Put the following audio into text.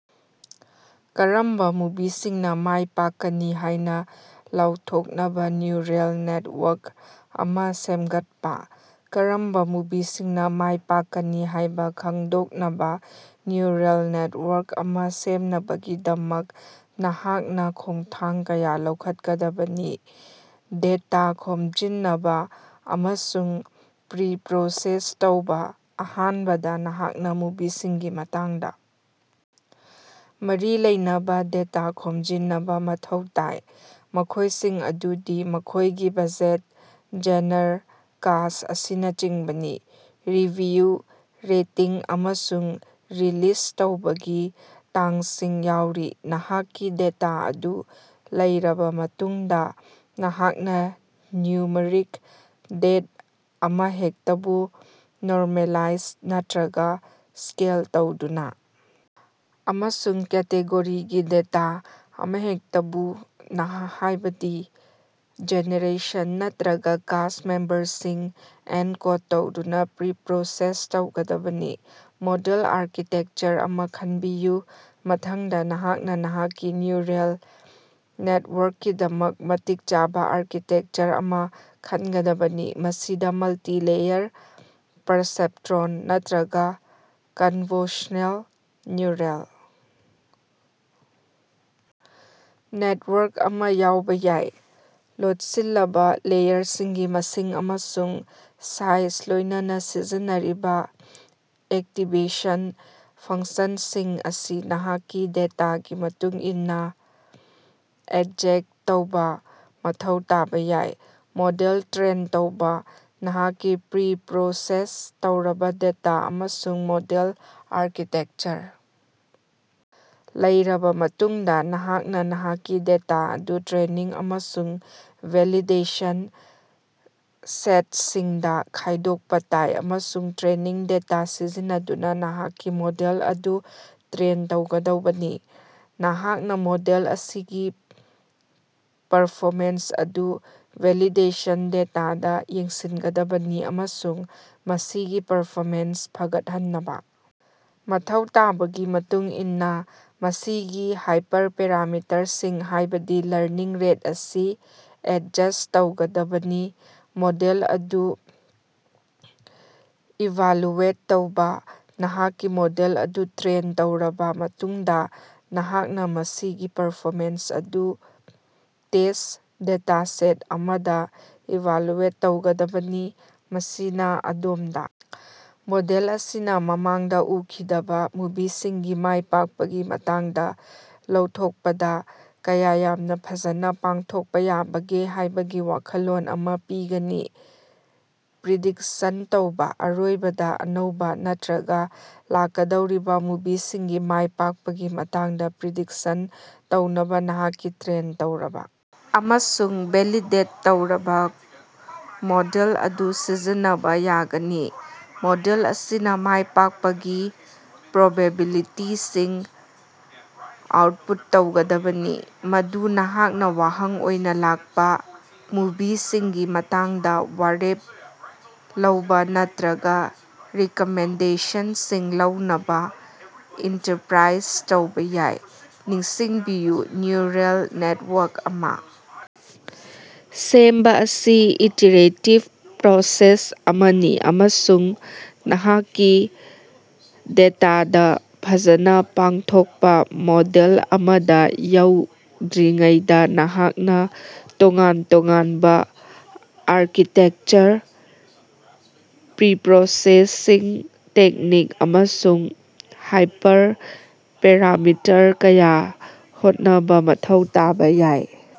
ꯀꯔꯝꯕ ꯃꯨꯚꯤꯁꯤꯡꯅ ꯃꯥꯏ ꯄꯥꯛꯀꯅꯤ ꯍꯥꯏꯅ ꯂꯥꯎꯊꯣꯛꯅꯕ ꯅ꯭ꯌꯨꯔꯜ ꯅꯦꯠꯋꯥꯔꯛ ꯑꯃ ꯁꯦꯝꯒꯠꯄ꯫ ꯀꯔꯝꯕ ꯃꯨꯚꯤꯁꯤꯡꯅ ꯃꯥꯏ ꯄꯥꯛꯀꯅꯤ ꯍꯥꯏꯕ ꯈꯪꯗꯣꯛꯅꯕ ꯅ꯭ꯌꯨꯔꯜ ꯅꯦꯠꯋꯥꯔꯛ ꯑꯃ ꯁꯦꯝꯅꯕꯒꯤꯗꯃꯛ ꯅꯍꯥꯛꯅ ꯈꯣꯡꯊꯥꯡ ꯀꯌꯥ ꯂꯧꯈꯠꯀꯗꯕꯅꯤ ꯗꯦꯇꯥ ꯈꯣꯝꯖꯤꯅꯕ ꯑꯃꯁꯨꯡ ꯄ꯭ꯔꯤꯄ꯭ꯔꯣꯁꯦꯁ ꯇꯧꯕ ꯑꯍꯥꯟꯕꯗ ꯅꯍꯥꯛꯅ ꯃꯨꯚꯤꯁꯤꯡꯒꯤ ꯃꯇꯥꯡꯗ ꯃꯔꯤ ꯂꯩꯅꯕ ꯗꯦꯇꯥ ꯈꯣꯝꯖꯤꯟꯅꯕ ꯃꯊꯧ ꯇꯥꯏ ꯃꯈꯣꯏꯁꯤꯡ ꯑꯗꯨꯗꯤ ꯃꯈꯣꯏꯒꯤ ꯕꯖꯦꯠ ꯖꯦꯅꯔ ꯀꯥꯁ꯭ꯠ ꯑꯁꯤꯅꯆꯤꯡꯕꯅꯤ꯫ ꯔꯤꯚꯤꯌꯨ ꯔꯦꯇꯤꯡ ꯑꯃꯁꯨꯡ ꯔꯤꯂꯤꯖ ꯇꯧꯕꯒꯤ ꯇꯥꯡꯁꯤꯡ ꯌꯥꯎꯔꯤ꯫ ꯅꯍꯥꯛꯀꯤ ꯗꯦꯇꯥ ꯑꯗꯨ ꯂꯩꯔꯕ ꯃꯇꯨꯡꯗ ꯅꯍꯥꯛꯅ ꯅ꯭ꯌꯨꯃꯔꯤꯛ ꯗꯦꯇ ꯑꯃꯍꯦꯛꯇꯕꯨ ꯅꯣꯔꯃꯦꯂꯥꯏꯖ ꯅꯠꯇ‌꯭ꯔꯒ ꯁ꯭ꯀꯦꯜ ꯇꯧꯗꯨꯅ ꯑꯃꯁꯨꯡ ꯀꯦꯇꯦꯒꯣꯔꯤꯒꯤ ꯗꯦꯇꯥ ꯑꯃꯍꯦꯛꯇꯕꯨ ꯅꯍꯥ ꯍꯥꯏꯕꯗꯤ ꯖꯦꯅꯔꯦꯁꯟ ꯅꯠꯇ꯭ꯔꯒ ꯀꯥꯁ꯭ꯠ ꯃꯦꯝꯕꯔꯁꯤꯡ ꯑꯦꯟꯀꯣꯗ ꯇꯧꯗꯨꯅ ꯄ꯭ꯔꯤꯄ꯭ꯔꯣꯁꯦꯁ ꯇꯧꯒꯗꯕꯅꯤ꯫ ꯃꯣꯗꯦꯜ ꯑꯥꯔꯀꯤꯇꯦꯛꯆꯔ ꯑꯃ ꯈꯟꯕꯤꯌꯨ ꯃꯊꯪꯗ ꯅꯍꯥꯛꯅ ꯅꯍꯥꯛꯀꯤ ꯅ꯭ꯌꯨꯔꯦꯜ ꯅꯦꯇꯋꯥꯔꯛꯀꯤꯗꯃꯛ ꯃꯇꯤꯛ ꯆꯥꯕ ꯑꯥꯔꯀꯤꯇꯦꯛꯆꯔ ꯑꯃ ꯈꯟꯒꯗꯕꯅꯤ꯫ ꯃꯁꯤꯗ ꯃꯜꯇꯤ ꯂꯦꯌꯔ ꯄꯔꯁꯦꯞꯇ꯭ꯔꯣꯟ ꯅꯠꯇ꯭ꯔꯒ ꯀꯟꯚꯣꯁꯅꯦꯜ ꯅ꯭ꯌꯨꯔꯦꯜ ꯅꯦꯠꯋꯥꯔꯛ ꯑꯃ ꯌꯥꯎꯕ ꯌꯥꯏ꯫ ꯂꯣꯠꯁꯤꯜꯂꯕꯥ ꯂꯦꯌꯔꯁꯤꯡꯒꯤ ꯃꯁꯤꯡ ꯑꯃꯁꯨꯡ ꯁꯥꯏꯖ ꯂꯣꯏꯅꯅ ꯁꯤꯖꯤꯟꯅꯔꯤꯕ ꯑꯦꯛꯇꯤꯚꯦꯁꯟ ꯐꯪꯁꯟꯁꯤꯡ ꯑꯁꯤ ꯅꯍꯥꯛꯀꯤ ꯗꯦꯇꯥꯒꯤ ꯃꯇꯨꯡ ꯏꯟꯅ ꯑꯦꯗꯖꯦꯛ ꯇꯧꯕ ꯃꯊꯧ ꯇꯥꯕ ꯌꯥꯏ꯫ ꯃꯣꯗꯦꯜ ꯇ꯭ꯔꯦꯟ ꯇꯧꯕ ꯅꯍꯥꯛꯀꯤ ꯄ꯭ꯔꯤꯞꯔꯣꯁꯦꯁ ꯇꯧꯔꯕꯥ ꯗꯦꯇꯥ ꯑꯃꯁꯨꯡ ꯃꯣꯗꯦꯜ ꯑꯥꯔꯀꯤꯇꯦꯛꯆꯔ ꯂꯩꯔꯕ ꯃꯇꯨꯡꯗ ꯅꯍꯥꯛꯅ ꯅꯍꯥꯛꯀꯤ ꯗꯦꯇꯥ ꯑꯗꯨ ꯇ꯭ꯔꯦꯅꯤꯡ ꯑꯃꯁꯨꯡ ꯚꯦꯂꯤꯗꯦꯁꯟ ꯁꯦꯠꯁꯤꯡꯗ ꯈꯥꯏꯗꯣꯛꯄ ꯇꯥꯏ ꯑꯃꯁꯨꯡ ꯇ꯭ꯔꯦꯅꯤꯡ ꯗꯦꯇꯥ ꯁꯤꯖꯤꯟꯅꯗꯨꯅ ꯅꯍꯥꯛꯀꯤ ꯃꯣꯗꯦꯜ ꯑꯗꯨ ꯇ꯭ꯔꯦꯟ ꯇꯧꯒꯗꯧꯕꯅꯤ꯫ ꯅꯍꯥꯛꯅ ꯃꯣꯗꯦꯜ ꯑꯁꯤꯒꯤ ꯄꯔꯐꯣꯃꯦꯟꯁ ꯑꯗꯨ ꯚꯦꯂꯤꯗꯦꯁꯟ ꯗꯦꯇꯥꯗ ꯌꯦꯡꯁꯤꯟꯒꯗꯕꯅꯤ ꯑꯃꯁꯨꯡ ꯃꯁꯤꯒꯤ ꯄꯔꯐꯣꯃꯦꯟꯁ ꯐꯒꯠꯍꯟꯅꯕ ꯃꯊꯧ ꯇꯥꯕꯒꯤ ꯃꯇꯨꯡ ꯏꯟꯅ ꯃꯁꯤꯒꯤ ꯍꯥꯏꯄꯔꯄꯦꯔꯥꯃꯤꯇꯔꯁꯤꯡ ꯍꯥꯏꯕꯗꯤ ꯂꯔꯅꯤꯡ ꯔꯦꯠ ꯑꯁꯤ ꯑꯦꯗꯖꯁ꯭ꯠ ꯇꯧꯒꯗꯕꯅꯤ꯫ ꯃꯣꯗꯦꯜ ꯑꯗꯨ ꯏꯚꯥꯂ꯭ꯌꯨꯑꯦꯠ ꯇꯧꯕ ꯅꯍꯥꯛꯀꯤ ꯃꯣꯗꯦꯜ ꯑꯗꯨ ꯇ꯭ꯔꯦꯟ ꯇꯧꯔꯕꯥ ꯃꯇꯨꯡꯗꯥ ꯅꯍꯥꯛꯅꯥ ꯃꯁꯤꯒꯤ ꯄꯔꯐꯣꯃꯦꯟꯁ ꯑꯗꯨ ꯇꯦꯁ꯭ꯠ ꯗꯦꯇꯥꯁꯦꯠ ꯑꯃꯗ ꯏꯚꯥꯂ꯭ꯌꯨꯑꯦꯠ ꯇꯧꯒꯗꯕꯅꯤ꯫ ꯃꯁꯤꯅ ꯑꯗꯣꯝꯗ ꯃꯣꯗꯦꯜ ꯑꯁꯤꯅ ꯃꯃꯥꯡꯗ ꯎꯈꯤꯗꯕ ꯃꯨꯚꯤꯁꯤꯡꯒꯤ ꯃꯥꯏ ꯄꯥꯛꯄꯒꯤ ꯃꯇꯥꯡꯗ ꯂꯧꯊꯣꯛꯄꯗ ꯀꯌꯥ ꯌꯥꯝꯅ ꯐꯖꯅ ꯄꯥꯡꯊꯣꯛꯄ ꯌꯥꯕꯒꯦ ꯍꯥꯏꯕꯒꯤ ꯋꯥꯈꯜꯂꯣꯟ ꯑꯃ ꯄꯤꯒꯅꯤ꯫ ꯄ꯭ꯔꯤꯗꯤꯛꯁꯟ ꯇꯧꯕ ꯑꯔꯣꯏꯕꯗ ꯑꯅꯧꯕ ꯅꯠꯇ꯭ꯔꯒ ꯂꯥꯛꯀꯗꯧꯔꯤꯕ ꯃꯨꯚꯤꯁꯤꯡꯒꯤ ꯃꯥꯏ ꯄꯥꯛꯄꯒꯤ ꯃꯇꯥꯡꯗ ꯄ꯭ꯔꯤꯗꯤꯛꯁꯟ ꯇꯧꯅꯕ ꯅꯍꯥꯛꯀꯤ ꯇ꯭ꯔꯦꯟ ꯇꯧꯔꯕ ꯑꯃꯁꯨꯡ ꯚꯦꯂꯤꯗꯦꯠ ꯇꯧꯔꯕ ꯃꯣꯗꯦꯜ ꯑꯗꯨ ꯁꯤꯖꯤꯟꯅꯕ ꯌꯥꯒꯅꯤ꯫ ꯃꯣꯗꯦꯜ ꯑꯁꯤꯅ ꯃꯥꯏ ꯄꯥꯛꯄꯒꯤ ꯄ꯭ꯔꯣꯕꯦꯕꯤꯂꯤꯇꯤꯁꯤꯡ ꯑꯥꯎꯠꯄꯨꯠ ꯇꯧꯒꯗꯕꯅꯤ ꯃꯗꯨ ꯅꯍꯥꯛꯅ ꯋꯥꯍꯪ ꯑꯣꯏꯅ ꯂꯥꯛꯄ ꯃꯨꯚꯤꯁꯤꯡꯒꯤ ꯃꯇꯥꯡꯗ ꯋꯥꯔꯦꯞ ꯂꯧꯕ ꯅꯠꯇ꯭ꯔꯒ ꯔꯤꯀꯃꯦꯟꯗꯦꯁꯟꯁꯤꯡ ꯂꯧꯅꯕ ꯏꯟꯇꯔꯄ꯭ꯔꯥꯏꯖ ꯇꯧꯕ ꯌꯥꯏ꯫ ꯅꯤꯡꯁꯤꯡꯕꯤꯌꯨ ꯅ꯭ꯌꯨꯔꯦꯜ ꯅꯦꯠꯋꯥꯔꯛ ꯑꯃ ꯁꯦꯝꯕ ꯑꯁꯤ ꯏꯇꯤꯔꯦꯇꯤꯕ ꯄ꯭ꯔꯣꯁꯦꯁ ꯑꯃꯅꯤ ꯑꯃꯁꯨꯡ ꯅꯍꯥꯛꯀꯤ ꯗꯦꯇꯥꯗꯥ ꯐꯖꯅ ꯄꯥꯡꯊꯣꯛꯄ ꯃꯣꯗꯦꯜ ꯑꯃꯗꯥ ꯌꯧꯗ꯭ꯔꯤꯉꯩꯗ ꯅꯍꯥꯛꯅ ꯇꯣꯉꯥꯟ ꯇꯣꯉꯥꯟꯕ ꯑꯥꯔꯀꯤꯇꯦꯛꯆꯔ ꯄ꯭ꯔꯤꯞꯔꯣꯁꯦꯁꯤꯡ ꯇꯦꯛꯅꯤꯛ ꯑꯃꯁꯨꯡ ꯍꯥꯏꯄꯔꯄꯦꯔꯥꯃꯤꯇꯔ ꯀꯌꯥ ꯍꯣꯠꯅꯕ ꯃꯊꯧ ꯇꯥꯕ ꯌꯥꯏ꯫